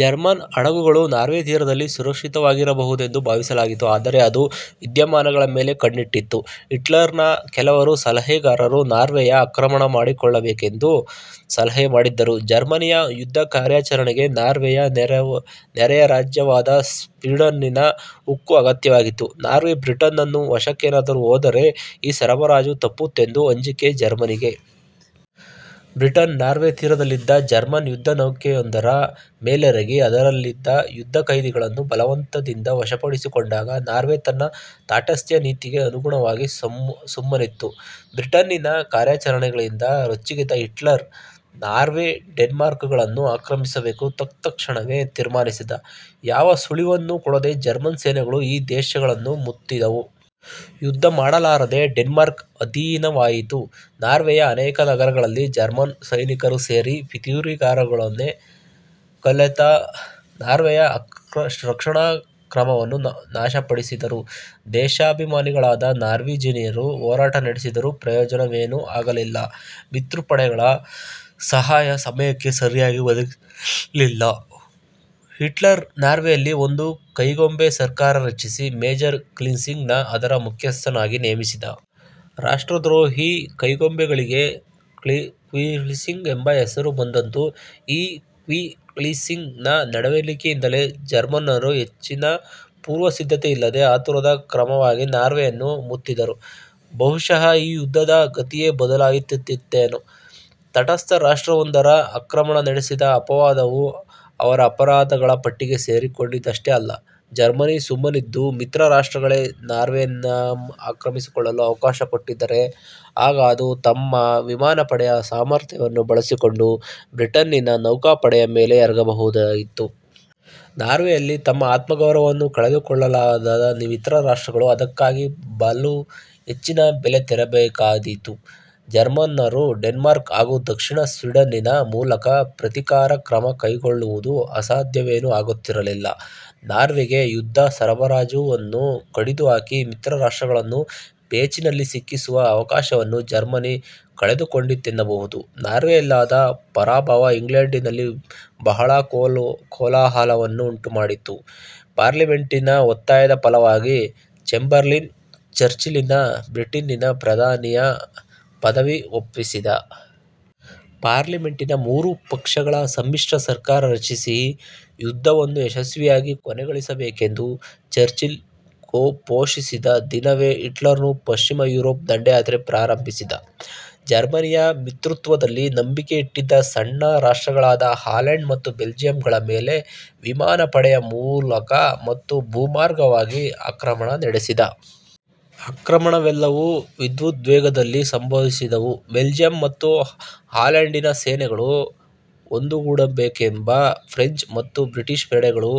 German ಹಡಗುಗಳು Norway ತೀರದಲ್ಲಿ ಸುರಕ್ಷಿತವಾಗಿರಬಹುದೆಂದು ಭಾವಿಸಲಾಗಿತ್ತು. ಆದರೆ ಅದು ವಿದ್ಯಮಾನಗಳ ಮೇಲೆ ಕಣ್ಣಿಟ್ಟಿತ್ತು. ಹಿಟ್ಲರನ ಕೆಲವರು ಸಲಹೆಗಾರರು ನಾರ್ವೆಯ ಆಕ್ರಮಣ ಮಾಡಿಕೊಳ್ಳಬೇಕೆಂದು ಸಲಹೆ ಮಾಡಿದ್ದರು. ಜರ್ಮನಿಯ ಯುದ್ಧಕಾರ್ಯಾಚರಣೆಗೆ ನಾರ್ವೆಯ ನೆರೆಯ ರಾಜ್ಯವಾದ ಸ್ಪೀಡನ್ನಿನ ಉಕ್ಕು ಅಗತ್ಯವಾಗಿತ್ತು. ನಾರ್ವೆ ಬ್ರಿಟನ್ನ ವಶಕ್ಕೇನಾದರೂ ಹೋದರೆ ಈ ಸರಬರಾಜು ತಪ್ಪುವುದೆಂಬ ಅಂಜಿಕೆ ಜರ್ಮನಿಗೆ. ಬ್ರಿಟನ್ ನಾರ್ವೆ ತೀರದಲ್ಲಿದ್ದ ಜರ್ಮನ್ ಯುದ್ಧ ನೌಕೆಯೊಂದರ ಮೇಲೆರಗಿ ಅದರಲ್ಲಿದ್ದ ಯುದ್ಧ ಖೈದಿಗಳನ್ನು ಬಲವಂತದಿಂದ ವಶಪಡಿಸಿಕೊಂಡಾಗ ನಾರ್ವೆ ತನ್ನ ತಾಟಸ್ಥ್ಯ ನೀತಿಗೆ ಅನುಗುಣವಾಗಿ ಸುಮ್ಮನಿತ್ತು. ಬ್ರಿಟನ್ನಿನ ಕಾರ್ಯಾಚರಣೆಯಿಂದ ರೊಚ್ಚಿಗೆದ್ದ ಹಿಟ್ಲರ್ ನಾರ್ವೆ ಡೆನ್ಮಾರ್ಕುಗಳನ್ನು ಆಕ್ರಮಿಸಬೇಕೆಂದು ತತ್ಕ್ಷಣವೇ ತೀರ್ಮಾನಿಸಿದ. ಯಾವ ಸುಳಿವನ್ನೂ ಕೊಡದೆ ಜರ್ಮನ್ ಸೇನೆಗಳು ಈ ದೇಶಗಳನ್ನು ಮುತ್ತಿದವು. ಯುದ್ಧ ಮಾಡಲಾರದೆ ಡೆನ್ಮಾರ್ಕ್ ಅಧೀನವಾಯಿತು. ನಾರ್ವೆಯ ಅನೇಕ ನಗರಗಳಲ್ಲಿ ಜರ್ಮನ್ ಸೈನಿಕರು ಸೇರಿ ಪಿತೂರಿಗಾರರೊಡನೆ ಕಲೆತು ನಾರ್ವೆಯ ರಕ್ಷಣಾಕ್ರಮವನ್ನು ನಾಶಪಡಿಸಿದರು. ದೇಶಾಭಿಮಾನಿಗಳಾದ ನಾರ್ವೀಜಿಯನರು ಹೋರಾಟ ನಡೆಸಿದರೂ ಪ್ರಯೋಜನವೇನೂ ಆಗಲಿಲ್ಲ. ಮಿತ್ರಪಡೆಗಳ ಸಹಾಯ ಸಮಯಕ್ಕೆ ಸರಿಯಾಗಿ ಒದಗಲಿಲ್ಲ. ಹಿಟ್ಲರ್ ನಾರ್ವೆಯಲ್ಲಿ ಒಂದು ಕೈಗೊಂಬೆ ಸರ್ಕಾರ ರಚಿಸಿ ಮೇಜರ್ ಕ್ವಿಸ್ಲಿಂಗನನ್ನು ಅದರ ಮುಖ್ಯಸ್ಥನ್ನಾಗಿ ನೇಮಿಸಿದ. ರಾಷ್ಟ್ರದ್ರೋಹಿ ಕೈಗೊಂಬೆಗಳಿಗೆ ಕ್ವಿಸ್ಲಿಂಗ್ಗಳೆಂಬ ಹೆಸರು ಬಂದದ್ದು ಈ ಕ್ವಿಸ್ಲಿಂಗನ ನಡೆವಳಿಕೆಯಿಂದಲೇ. ಜರ್ಮನ್ನರು ಹೆಚ್ಚಿನ ಪುರ್ವಸಿದ್ದತೆಯಿಲ್ಲದೆ ಆತುರದ ಕ್ರಮವಾಗಿ ನಾರ್ವೆಯನ್ನು ಮುತ್ತದಿದ್ದರೆ ಬಹುಶಃ ಈ ಯುದ್ಧದ ಗತಿಯೇ ಬದಲಾಗುತ್ತಿತ್ತೇನೋ. ತಟಸ್ಥ ರಾಷ್ಟ್ರವೊಂದರ ಆಕ್ರಮಣ ನಡೆಸಿದ ಅಪವಾದವೂ ಅವರ ಅಪರಾಧಗಳ ಪಟ್ಟಿಗೆ ಸೇರಿಕೊಂಡಿದ್ದಷ್ಟೇ ಅಲ್ಲ: ಜರ್ಮನಿ ಸುಮ್ಮನಿದ್ದು ಮಿತ್ರ ರಾಷ್ಟ್ರಗಳೇ ನಾರ್ವೆಯನ್ನಾಕ್ರಮಿಸಿಕೊಳ್ಳಲು ಅವಕಾಶ ಕೊಟ್ಟಿದ್ದರೆ ಆಗ ಅದು ತನ್ನ ವಿಮಾನಪಡೆಯ ಸಾಮರ್ಥ್ಯವನ್ನು ಬಳಸಿಕೊಂಡು ಬ್ರಿಟನ್ನಿನ ನೌಕಾಪಡೆಯ ಮೇಲೆ ಎರಗಬಹುದಾಗಿತ್ತು. ನಾರ್ವೆಯಲ್ಲಿ ತಮ್ಮ ಆತ್ಮಗೌರವವನ್ನೂ ಕಳೆದುಕೊಳ್ಳಲೊಲ್ಲದ ಮಿತ್ರರಾಷ್ಟ್ರಗಳು ಅದಕ್ಕಾಗಿ ಬಲು ಹೆಚ್ಚಿನ ಬೆಲೆ ತೆರಬೇಕಾಗುತ್ತಿತ್ತು. ಜರ್ಮನ್ನರು ಡೆನ್ಮಾರ್ಕ್ ಹಾಗೂ ದಕ್ಷಿಣ ಸ್ಪೀಡನಿನ ಮೂಲಕ ಪ್ರತೀಕಾರಕ್ರಮ ಕೈಕೊಳ್ಳುವುದು ಅಸಾಧ್ಯವೇನೂ ಆಗುತ್ತಿರಲಿಲ್ಲ. ನಾರ್ವೆಗೆ ಯುದ್ಧ ಸರಬರಾಜನ್ನು ಕಡಿದುಹಾಕಿ ಮಿತ್ರರಾಷ್ಟ್ರಗಳನ್ನು ಪೇಚಿನಲ್ಲಿ ಸಿಕ್ಕಿಸುವ ಅವಕಾಶವನ್ನು ಜರ್ಮನಿ ಕಳೆದುಕೊಂಡಿತೆನ್ನಬಹುದು. ನಾರ್ವೆಯಲ್ಲಾದ ಪರಾಭವ ಇಂಗ್ಲೆಂಡಿನಲ್ಲಿ ಬಹಳ ಕೋಲಾಹಲವನ್ನುಂಟು ಮಾಡಿತು, ಪಾರ್ಲಿಮೆಂಟಿನ ಒತ್ತಾಯದ ಫಲವಾಗಿ ಚೇಂಬರ್ಲಿನ್ ಚರ್ಚಿಲನಿಗೆ ಬ್ರಿಟನ್ನಿನ ಪ್ರಧಾನಿಯ ಪದವಿ ಒಪ್ಪಿಸಿದ. ಪಾರ್ಲಿಮೆಂಟಿನ ಮೂರು ಪಕ್ಷಗಳ ಸಮ್ಮಿಶ್ರ ಸರ್ಕಾರ ರಚಿಸಿ, ಯುದ್ಧವನ್ನು ಯಶಸ್ವಿಯಾಗಿ ಕೊನೆಗೊಳಿಸಬೇಕೆಂದು ಚರ್ಚಿಲ್ ಫೋಷಿಸಿದ ದಿನವೇ ಹಿಟ್ಲರನೂ ಪಶ್ಚಿಮ ಯುರೋಪ್ ದಂಡಯಾತ್ರೆ ಪ್ರಾರಂಭಿಸಿದ. ಜರ್ಮನಿಯ ಮಿತ್ರತ್ವದಲ್ಲಿ ನಂಬಿಕೆ ಇಟ್ಟಿದ್ದ ಸಣ್ಣ ರಾಷ್ಟ್ರಗಳಾದ ಹಾಲೆಂಡ್ ಮತ್ತು ಬೆಲ್ಜಿಯಂ ಗಳ ಮೇಲೆ ವಿಮಾನ ಪಡೆಯ ಮೂಲಕ ಮತ್ತು ಭೂಮಾರ್ಗವಾಗಿ ಆಕ್ರಮಣ ನಡೆಸಿದ. ಆಕ್ರಮಣವೆಲ್ಲವೂ ವಿದ್ಯುದ್ವೇಗದಲ್ಲಿ ಸಂಭವಿಸಿದವು. ಬೆಲ್ಜಿಯಂ ಮತ್ತು ಹಾಲೆಂಡಿನ ಸೈನ್ಯಗಳು ಒಂದುಗೂಡಬೇಕೆಂಬ, ಫ್ರೆಂಚ್ ಮತ್ತು ಬ್ರಿಟಿಷ್ ಪಡೆಗಳು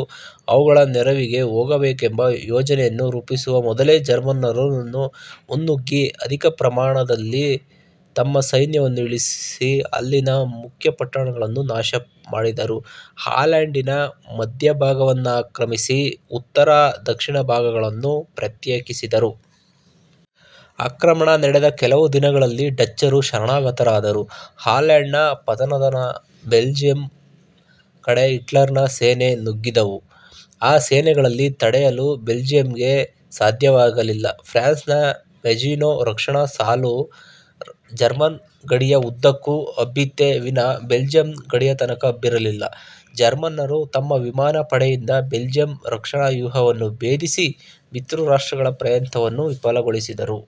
ಅವುಗಳ ನೆರವಿಗೆ ಹೋಗಬೇಕೆಂಬ ಯೋಜನೆಯನ್ನು ರೂಪಿಸುವ ಮೊದಲೇ ಜರ್ಮನ್ನರು ಮುನ್ನುಗ್ಗಿ ಅಧಿಕ ಪ್ರಮಾಣದಲ್ಲಿ ತಮ್ಮ ಸೈನ್ಯವನ್ನು ಇಳಿಸಿ ಅಲ್ಲಿನ ಮುಖ್ಯಪಟ್ಟಣಗಳನ್ನು ನಾಶಮಾಡಿದರು; ಹಾಲೆಂಡಿನ ಮಧ್ಯಭಾಗವನ್ನಾಕ್ರಮಿಸಿ ಉತ್ತರ ದಕ್ಷಿಣಭಾಗಗಳನ್ನು ಪ್ರತ್ಯೇಕಿಸಿದರು. ಆಕ್ರಮಣ ನಡೆದ ಕೆಲವು ದಿನಗಳಲ್ಲಿ ಡಚ್ಚರು ಶರಣಾಗತರಾದರು. ಹಾಲೆಂಡ್ನ ಪತನಾನಂತರ ಬೆಲ್ಜಿಯಂ ಕಡೆ ಹಿಟ್ಲರನ ಸೇನೆಗಳು ನುಗ್ಗಿದವು. ಆ ಸೇನೆಗಳನ್ನು ತಡೆಯಲು ಬೆಲ್ಜಿಯಂಗೆ ಸಾಧ್ಯವಾಗಲಿಲ್ಲ. ಫ್ರಾನ್ಸ್ನ ಮ್ಯಾಜಿನೊ ರಕ್ಷಣಾ ಸಾಲು ಜರ್ಮನ್ ಗಡಿಯ ಉದ್ದಕ್ಕೂ ಹಬ್ಬಿತ್ತೇ ವಿನಾ ಬೆಲ್ಜಿಯಂ ಗಡಿಯತನಕ ಹಬ್ಬಿರಲಿಲ್ಲ. ಜರ್ಮನ್ನರು ತಮ್ಮ ವಿಮಾನ ಪಡೆಯಿಂದ ಬೆಲ್ಜಿಯಂ ರಕ್ಷಣಾ ವ್ಯೂಹವನ್ನು ಭೇದಿಸಿ, ಮಿತ್ರರಾಷ್ಟ್ರಗಳ ಪ್ರಯತ್ನವನ್ನು ವಿಫಲಗೊಳಿಸಿದರು.